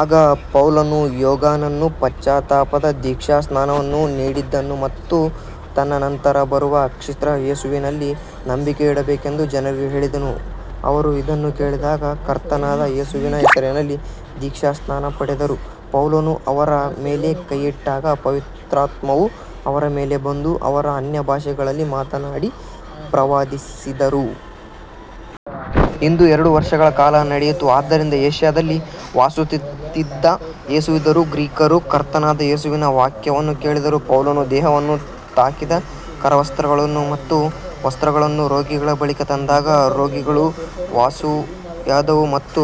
ಆಗ ಪೌಲನು ಯೋಹಾನನು ಪಶ್ಚಾತ್ತಾಪದ ದೀಕ್ಷಾಸ್ನಾನವನ್ನು ನೀಡಿದನು ಮತ್ತು ತನ್ನ ನಂತರ ಬರುವ ಕ್ರಿಸ್ತ ಯೇಸುವಿನಲ್ಲಿ ನಂಬಿಕೆಯಿಡಬೇಕೆಂದು ಜನರಿಗೆ ಹೇಳಿದನು. ಅವರು ಇದನ್ನು ಕೇಳಿದಾಗ ಕರ್ತನಾದ ಯೇಸುವಿನ ಹೆಸರಿನಲ್ಲಿ ದೀಕ್ಷಾಸ್ನಾನ ಪಡೆದರು. ಪೌಲನು ಅವರ ಮೇಲೆ ಕೈಯಿಟ್ಟಾಗ ಪವಿತ್ರಾತ್ಮವು ಅವರ ಮೇಲೆ ಬಂದು ಅವರು ಅನ್ಯಭಾಷೆಗಳಲ್ಲಿ ಮಾತನಾಡಿ ಪ್ರವಾದಿಸಿದರು. ಇದು ಎರಡು ವರ್ಷಗಳ ಕಾಲ ನಡೆಯಿತು. ಆದ್ದರಿಂದ ಏಷ್ಯಾದಲ್ಲಿ ವಾಸಿಸುತ್ತಿದ್ದ ಯೆಹೂದ್ಯರೂ ಗ್ರೀಕರೂ ಕರ್ತನಾದ ಯೇಸುವಿನ ವಾಕ್ಯವನ್ನು ಕೇಳಿದರು. ಪೌಲನ ದೇಹವನ್ನು ತಾಕಿದ ಕರವಸ್ತ್ರಗಳು ಮತ್ತು ವಸ್ತ್ರಗಳನ್ನು ರೋಗಿಗಳ ಬಳಿಗೆ ತಂದಾಗ ರೋಗಗಳು ವಾಸಿಯಾದವು ಮತ್ತು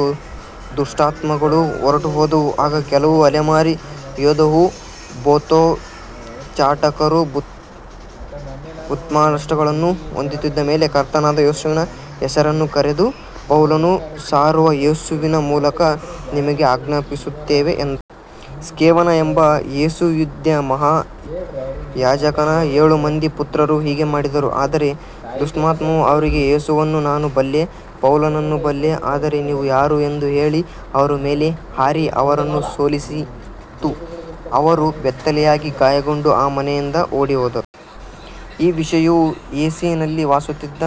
ದುಷ್ಟಾತ್ಮಗಳು ಹೊರಟುಹೋದವು. ಆಗ ಕೆಲವು ಅಲೆಮಾರಿ ಯೆಹೂದ್ಯ ಭೂತೋಚ್ಚಾಟಕರು ದುಷ್ಟಾತ್ಮಗಳನ್ನು ಹೊಂದಿದ್ದವರ ಮೇಲೆ ಕರ್ತನಾದ ಯೇಸುವಿನ ಹೆಸರನ್ನು ಕರೆದು, ಪೌಲನು ಸಾರುವ ಯೇಸುವಿನ ಮೂಲಕ ನಿಮಗೆ ಆಜ್ಞಾಪಿಸುತ್ತೇವೆ ಎಂದರು. ಸ್ಕೆವನ ಎಂಬ ಯೆಹೂದ್ಯ ಮಹಾಯಾಜಕನ ಏಳು ಮಂದಿ ಪುತ್ರರೂ ಹೀಗೆ ಮಾಡಿದರು. ಆದರೆ ದುಷ್ಟಾತ್ಮವು ಅವರಿಗೆ, ಯೇಸುವನ್ನು ನಾನು ಬಲ್ಲೆ, ಪೌಲನನ್ನೂ ಬಲ್ಲೆ, ಆದರೆ ನೀವು ಯಾರು ಎಂದು ಹೇಳಿ ಅವರ ಮೇಲೆ ಹಾರಿ ಅವರನ್ನು ಸೋಲಿಸಿತು. ಅವರು ಬೆತ್ತಲೆಯಾಗಿ ಗಾಯಗೊಂಡು ಆ ಮನೆಯಿಂದ ಓಡಿಹೋದರು. ಈ ವಿಷಯವು ಎಫೆಸಿನಲ್ಲಿ ವಾಸಿಸುತ್ತಿದ್ದ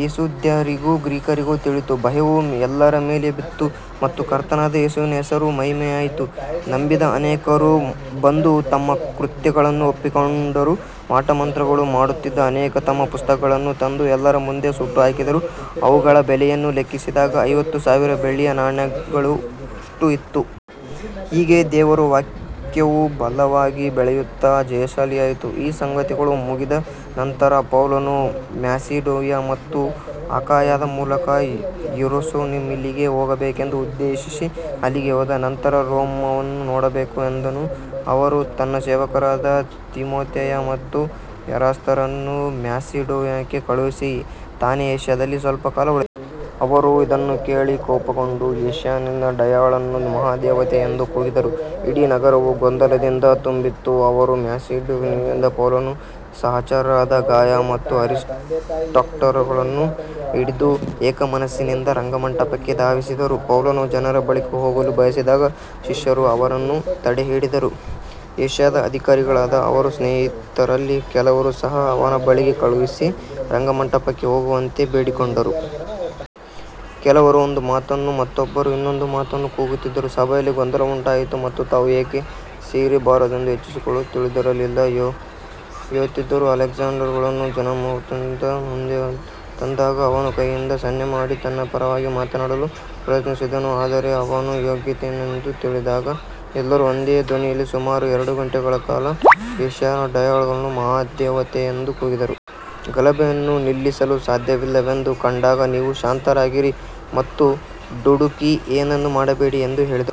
ಯೆಹೂದ್ಯರಿಗೂ ಗ್ರೀಕರಿಗೂ ತಿಳಿದು ಭಯವು ಎಲ್ಲರ ಮೇಲೂ ಬಿತ್ತು ಮತ್ತು ಕರ್ತನಾದ ಯೇಸುವಿನ ಹೆಸರು ಮಹಿಮೆಯಾಯಿತು. ನಂಬಿದ ಅನೇಕರು ಬಂದು ತಮ್ಮ ಕೃತ್ಯಗಳನ್ನು ಒಪ್ಪಿಕೊಂಡರು. ಮಾಟಮಂತ್ರಗಳನ್ನು ಮಾಡುತ್ತಿದ್ದ ಅನೇಕರು ತಮ್ಮ ಪುಸ್ತಕಗಳನ್ನು ತಂದು ಎಲ್ಲರ ಮುಂದೆ ಸುಟ್ಟುಹಾಕಿದರು. ಅವುಗಳ ಬೆಲೆಯನ್ನು ಲೆಕ್ಕಿಸಿದಾಗ ಐವತ್ತು ಸಾವಿರ ಬೆಳ್ಳಿಯ ನಾಣ್ಯಗಳಷ್ಟು ಇತ್ತು. ಹೀಗೆ ದೇವರ ವಾಕ್ಯವು ಬಲವಾಗಿ ಬೆಳೆಯುತ್ತಾ ಜಯಶಾಲಿಯಾಯಿತು. ಈ ಸಂಗತಿಗಳು ಮುಗಿದ ನಂತರ ಪೌಲನು ಮ್ಯಾಸಿಡೋನಿಯಾ ಮತ್ತು ಅಖಾಯದ ಮೂಲಕ ಯೆರೂಸಲೇಮಿಗೆ ಹೋಗಬೇಕೆಂದು ಉದ್ದೇಶಿಸಿ, ಅಲ್ಲಿಗೆ ಹೋದ ನಂತರ ರೋಮನ್ನೂ ನೋಡಬೇಕು ಎಂದನು. ಅವನು ತನ್ನ ಸೇವಕರಾದ ತಿಮೊಥೆಯ ಮತ್ತು ಎರಾಸ್ತರನ್ನು ಮ್ಯಾಸಿಡೋನಿಯಕ್ಕೆ ಕಳುಹಿಸಿ ತಾನೇ ಏಷ್ಯಾದಲ್ಲಿ ಸ್ವಲ್ಪ ಕಾಲ ಉಳಿದನು. ಅವರು ಇದನ್ನು ಕೇಳಿ ಕೋಪಗೊಂಡು, ಎಫೆಸಿಯರ ಡಯಾನಳು ಮಹಾದೇವತೆ ಎಂದು ಕೂಗಿದರು. ಇಡೀ ನಗರವು ಗೊಂದಲದಿಂದ ತುಂಬಿತು. ಅವರು ಮ್ಯಾಸಿಡೋನಿಯಾದ ಪೌಲನ ಸಹಚರರಾದ ಗಾಯ ಮತ್ತು ಅರಿಸ್ಟಾರ್ಕರನ್ನು ಹಿಡಿದು ಏಕಮನಸ್ಸಿನಿಂದ ರಂಗಮಂದಿರಕ್ಕೆ ಧಾವಿಸಿದರು. ಪೌಲನು ಜನರ ಬಳಿಗೆ ಹೋಗಲು ಬಯಸಿದಾಗ ಶಿಷ್ಯರು ಅವನನ್ನು ತಡೆಯಿದರು. ಏಷ್ಯಾದ ಅಧಿಕಾರಿಗಳಾಗಿದ್ದ ಅವನ ಸ್ನೇಹಿತರಲ್ಲಿ ಕೆಲವರು ಸಹ ಅವನ ಬಳಿಗೆ ಕಳುಹಿಸಿ ರಂಗಮಂದಿರಕ್ಕೆ ಹೋಗದಂತೆ ಬೇಡಿಕೊಂಡರು. ಕೆಲವರು ಒಂದು ಮಾತನ್ನು, ಮತ್ತೊಬ್ಬರು ಇನ್ನೊಂದು ಮಾತನ್ನು ಕೂಗುತ್ತಿದ್ದರಿಂದ ಸಭೆಯಲ್ಲಿ ಗೊಂದಲ ಉಂಟಾಯಿತು ಮತ್ತು ತಾವು ಏಕೆ ಸೇರಿದ್ದಾರೆಂಬುದು ಹೆಚ್ಚಿನವರಿಗೆ ತಿಳಿದಿರಲಿಲ್ಲ. ಯೆಹೂದ್ಯರು ಅಲೆಕ್ಸಾಂದ್ರನನ್ನು ಜನಸಮೂಹದಿಂದ ಮುಂದೆ ತಂದಾಗ ಅವನು ಕೈಯಿಂದ ಸನ್ನೆ ಮಾಡಿ ತನ್ನ ಪರವಾಗಿ ಮಾತನಾಡಲು ಪ್ರಯತ್ನಿಸಿದನು. ಆದರೆ ಅವನು ಯೆಹೂದ್ಯನೆಂದು ತಿಳಿದಾಗ ಎಲ್ಲರೂ ಒಂದೇ ಧ್ವನಿಯಲ್ಲಿ ಸುಮಾರು ಎರಡು ಗಂಟೆಗಳ ಕಾಲ ಎಫೆಸಿಯರ ಡಯಾನಳು ಮಹಾದೇವತೆ ಎಂದು ಕೂಗಿದರು. ಗಲಭೆಯನ್ನು ನಿಲ್ಲಿಸಲು ಸಾಧ್ಯವಿಲ್ಲವೆಂದು ಕಂಡಾಗ ನೀವು ಶಾಂತವಾಗಿರಿ ಮತ್ತು ದುಡುಕಿ ಏನನ್ನೂ ಮಾಡಬೇಡಿ ಎಂದು ಹೇಳಿದರು.